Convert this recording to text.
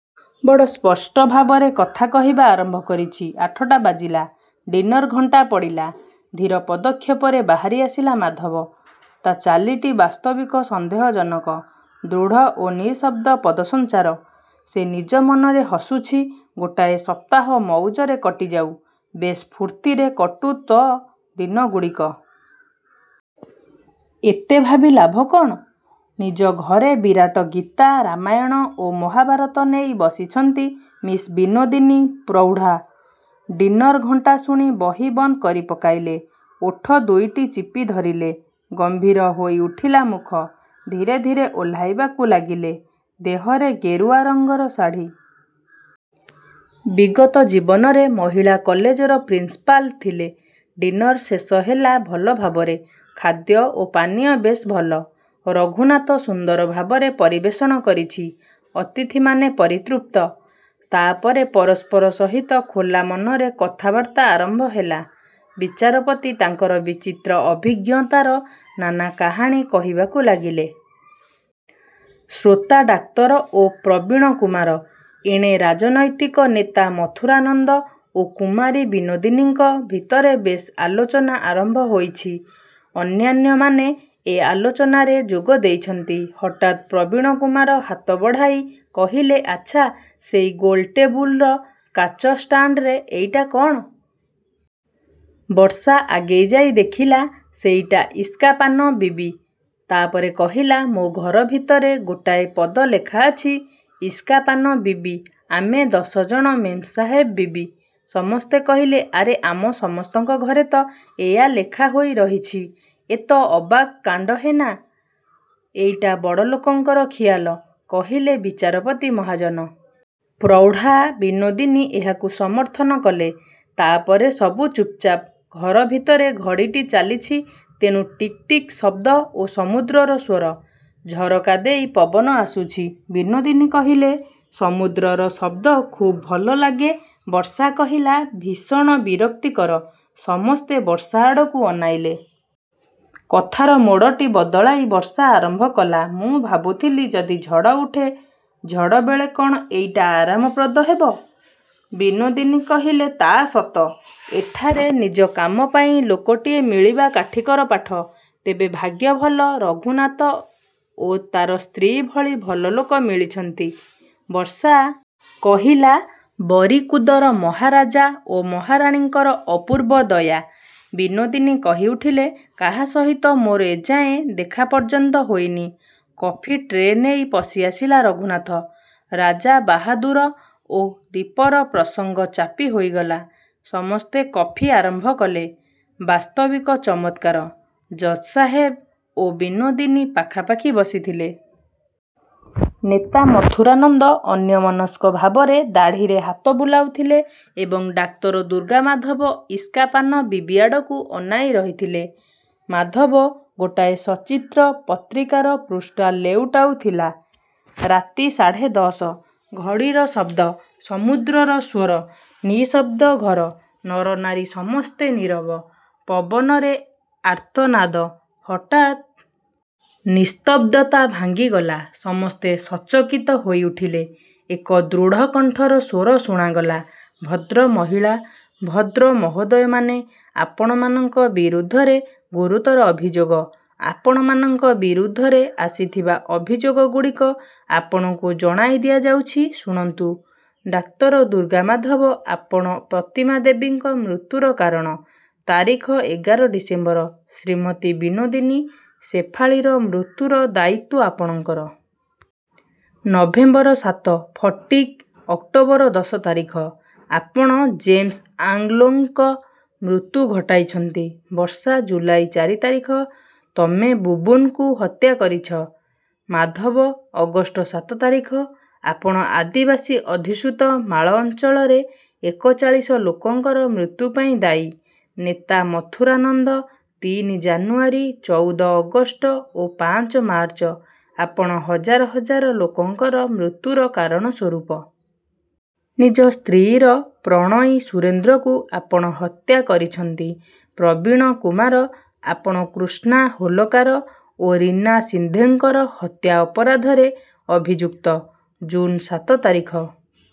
ବଡ଼ ସ୍ପଷ୍ଟଭାବରେ କଥା କହିବା ଆରମ୍ଭ କରିଛି। ଆଠଟା ବାଜିଲା। ଡିନର ଘଣ୍ଟା ପଡ଼ିଲା। ଧୀର ପଦକ୍ଷେପରେ ବାହାରିଆସିଲା ମାଧବ। ତା' ଚାଲିଟି ବାସ୍ତବିକ ସନ୍ଦେହଜନକ। ଦୃଢ଼ ଓ ନିଃଶବ୍ଦ ପଦସଞ୍ଚାର। ସେ ନିଜ ମନରେ ହସୁଛି, ଗୋଟାଏ ସପ୍ତାହ ମଉଜରେ କଟିଯାଉ। ବେଶ୍ ଫୂର୍ତ୍ତିରେ କଟୁ ତ ଦିନଗୁଡ଼ିକ। ଏତେ ଭାବି ଲାଭ କ'ଣ? ନିଜ ଘରେ ବିରାଟ ଗୀତା, ରାମାୟଣ ଓ ମହାଭାରତ ନେଇ ବସିଛନ୍ତି ମିସ୍ ବିନୋଦିନୀ, ପ୍ରୌଢ଼ା। ଡିନର ଘଣ୍ଟା ଶୁଣି ବହି ବନ୍ଦ କରିପକାଇଲେ। ଓଠଦୁଇଟି ଚିପିଧରିଲେ। ଗମ୍ଭୀର ହୋଇଉଠିଲା ମୁଖ। ଧୀରେ ଧୀରେ ଓହ୍ଲାଇବାକୁ ଲାଗିଲେ। ଦେହରେ ଗେରୁଆ ରଙ୍ଗର ଶାଢ଼ୀ। ବିଗତ ଜୀବନରେ ମହିଳା କଲେଜର ପ୍ରିନ୍ସପାଲ୍ ଥିଲେ। ଡିନର ଶେଷ ହେଲା ଭଲଭାବରେ। ଖାଦ୍ୟ ଓ ପାନୀୟ ବେଶ୍ ଭଲ। ରଘୁନାଥ ସୁନ୍ଦରଭାବରେ ପରିବେଷଣ କରିଛି। ଅତିଥିମାନେ ପରିତୃପ୍ତ। ତା'ପରେ ପରସ୍ପର ସହିତ ଖୋଲା ମନରେ କଥାବାର୍ତ୍ତା ଆରମ୍ଭ ହେଲା। ବିଚାରପତି ତାଙ୍କର ବିଚିତ୍ର ଅଭିଜ୍ଞତାର ନାନା କାହାଣୀ କହିବାକୁ ଲାଗିଲେ। ଶ୍ରୋତା ଡାକ୍ତର ଓ ପ୍ରବୀଣକୁମାର। ଏଣେ ରାଜନୈତିକ ନେତା ମଥୁରାନନ୍ଦ ଓ କୁମାରୀ ବିନୋଦିନୀଙ୍କ ଭିତରେ ବେଶ୍ ଆଲୋଚନା ଆରମ୍ଭ ହୋଇଛି। ଅନ୍ୟାନ୍ୟମାନେ ଏ ଆଲୋଚନାରେ ଯୋଗ ଦେଇଛନ୍ତି। ହଠାତ୍ ପ୍ରବୀଣକୁମାର ହାତ ବଢ଼ାଇ କହିଲେ, ଆଚ୍ଛା, ସେଇ ଗୋଲ ଟେବୁଲ୍ର କାଚ ଷ୍ଟାଣ୍ଡରେ ଏଇଟା କ'ଣ? ବର୍ଷା ଆଗେଇଯାଇ ଦେଖିଲା, ସେଇଟା ଇସ୍କା ପାନ ବିବି। ତା'ପରେ କହିଲା, ମୋ ଘରଭିତରେ ଗୋଟାଏ ପଦ ଲେଖାଅଛି, ଇସ୍କା ପାନ ବିବି, ଆମେ ଦଶଜଣ ମେମ୍ସାହେବ ବିବି। ସମସ୍ତେ କହିଲେ, ଆରେ, ଆମ ସମସ୍ତଙ୍କ ଘରେ ତ ଏଇଆ ଲେଖାହୋଇ ରହିଛି। ଏ ତ ଅବାକ୍ କାଣ୍ଡ ହେ ନା, ଏଇଟା ବଡ଼ଲୋକଙ୍କର ଖିଆଲ, କହିଲେ ବିଚାରପତି ମହାଜନ। ପ୍ରୌଢ଼ା ବିନୋଦିନୀ ଏହାକୁ ସମର୍ଥନ କଲେ। ତା'ପରେ ସବୁ ଚୁପ୍ଚାପ୍। ଘରଭିତରେ ଘଡ଼ିଟି ଚାଲିଛି, ତେଣୁ ଟିକ୍ ଟିକ୍ ଶବ୍ଦ ଓ ସମୁଦ୍ରର ସ୍ଵର। ଝରକାଦେଇ ପବନ ଆସୁଛି। ବିନୋଦିନୀ କହିଲେ, ସମୁଦ୍ରର ଶବ୍ଦ ଖୁବ୍ ଭଲ ଲାଗେ ବର୍ଷା କହିଲା, ଭୀଷଣ ବିରକ୍ତିକର। ସମସ୍ତେ ବର୍ଷା ଆଡ଼କୁ ଅନାଇଲେ। କଥାର ମୋଡ଼ଟି ବଦଳାଇ ବର୍ଷା ଆରମ୍ଭ କଲା, ମୁଁ ଭାବୁଥିଲି, ଯଦି ଝଡ଼ ଉଠେ, ଝଡ଼ବେଳେ କ'ଣ ଏଇଟା ଆରାମପ୍ରଦ ହେବ? ବିନୋଦିନୀ କହିଲେ, ତା' ସତ। ଏଠାରେ ନିଜ କାମ ପାଇଁ ଲୋକଟିଏ ମିଳିବା କାଠିକର ପାଠ। ତେବେ ଭାଗ୍ୟ ଭଲ, ରଘୁନାଥ ଓ ତା'ର ସ୍ତ୍ରୀ ଭଳି ଭଲ ଲୋକ ମିଳିଛନ୍ତି। ବର୍ଷା କହିଲା, ବରିକୁଦର ମହାରାଜା ଓ ମହାରାଣୀଙ୍କର ଅପୂର୍ବ ଦୟା। ବିନୋଦିନୀ କହିଉଠିଲେ, କାହା ସହିତ ମୋର ଏଯାଏଁ ଦେଖା ପର୍ଯ୍ୟନ୍ତ ହୋଇନି। କଫି ଟ୍ରେ ନେଇ ପଶି ଆସିଲା ରଘୁନାଥ। ରାଜାବାହାଦୁର ଓ ଦୀପର ପ୍ରସଙ୍ଗ ଚାପି ହୋଇଗଲା। ସମସ୍ତେ କଫି ଆରମ୍ଭ କଲେ। ବାସ୍ତବିକ ଚମତ୍କାର। ଜଜ୍ସାହେବ ଓ ବିନୋଦିନୀ ପାଖାପାଖି ବସିଥିଲେ। ନେତା ମଥୁରାନନ୍ଦ ଅନ୍ୟମନସ୍କଭାବରେ ଦାଢ଼ିରେ ହାତ ବୁଲାଉଥିଲେ ଏବଂ ଡାକ୍ତର ଦୁର୍ଗାମାଧବ ଇସ୍କା ପାନ ବିବି ଆଡ଼କୁ ଅନାଇ ରହିଥିଲେ। ମାଧବ ଗୋଟାଏସଚିତ୍ର ପତ୍ରିକାର ପୃଷ୍ଠା ଲେଉଟାଉଥିଲା। ରାତି ସାଢ଼େ ଦଶ। ଘଡ଼ିର ଶବ୍ଦ। ସମୁଦ୍ରର ସ୍ଵର। ନିଃଶବ୍ଦ ଘର। ନରନାରୀ ସମସ୍ତେ ନୀରବ। ପବନରେ ଆର୍ତ୍ତନାଦ। ହଠାତ୍ ନିସ୍ତବ୍ଧତା ଭାଙ୍ଗିଗଲା। ସମସ୍ତେ ସଚକିତ ହୋଇଉଠିଲେ। ଏକ ଦୃଢ଼କଣ୍ଠର ସ୍ଵର ଶୁଣାଗଲା, ଭଦ୍ରମହିଳା, ଭଦ୍ର ମହୋଦୟମାନେ, ଆପଣମାନଙ୍କ ବିରୁଦ୍ଧରେ ଗୁରୁତର ଅଭିଯୋଗ। ଆପଣମାନଙ୍କ ବିରୁଦ୍ଧରେ ଆସିଥିବା ଅଭିଯୋଗଗୁଡ଼ିକ ଆପଣଙ୍କୁ ଜଣାଇଦିଆଯାଉଛି, ଶୁଣନ୍ତୁ। ଡାକ୍ତରଦୁର୍ଗାମାଧବ, ଆପଣ ପ୍ରତିମା ଦେବୀଙ୍କ ମୃତ୍ୟୁର କାରଣ। ତାରିଖ ଏଗାର ଡିସେମ୍ବର। ଶ୍ରୀମତୀ ବିନୋଦିନୀ, ଶେଫାଳୀରମୃତ୍ୟୁରଦାୟିତ୍ୱଆପଣଙ୍କର। ନଭେମ୍ବର ସାତ। ଫଟିକ୍, ଅକ୍ଟୋବର ଦଶ ତାରିଖ। ଆପଣ ଜେମ୍ସ-ଆଂଲୋଙ୍କ ମୃତ୍ୟୁ ଘଟାଇଛନ୍ତି। ବର୍ଷା, ଜୁଲାଇ ଚାରି ତାରିଖ, ତମେବୁବୁନ୍କୁ ହତ୍ୟା କରିଛ। ମାଧବ, ଅଗଷ୍ଟ ସାତ ତାରିଖ, ଆପଣ ଆଦିବାସୀଅଧ୍ୟୁଷିତ ମାଳ ଅଞ୍ଚଳରେ ଏକଚାଳିଶ ଲୋକଙ୍କର ମୃତ୍ୟୁପାଇଁ ଦାୟୀ। ନେତା ମଥୁରାନନ୍ଦ, ତିନି ଜାନୁୟାରୀ, ଚଉଦ ଅଗଷ୍ଟ ଓ ପାଞ୍ଚ ମାର୍ଚ୍ଚ, ଆପଣ ହଜାର ହଜାର ଲୋକଙ୍କର ମୃତ୍ୟୁର କାରଣସ୍ଵରୂପ। ନିଜ ସ୍ତ୍ରୀର ପ୍ରଣୟୀ ସୁରେନ୍ଦ୍ରକୁ ଆପଣ ହତ୍ୟା କରିଛନ୍ତି। ପ୍ରବୀଣକୁମାର, ଆପଣ କୃଷ୍ଣା ହୋଲକାର ଓ ରୀନା ସିନ୍ଧେଙ୍କର ହତ୍ୟା ଅପରାଧରେ ଅଭିଯୁକ୍ତ। ଜୁନ୍ ସାତ ତାରିଖ।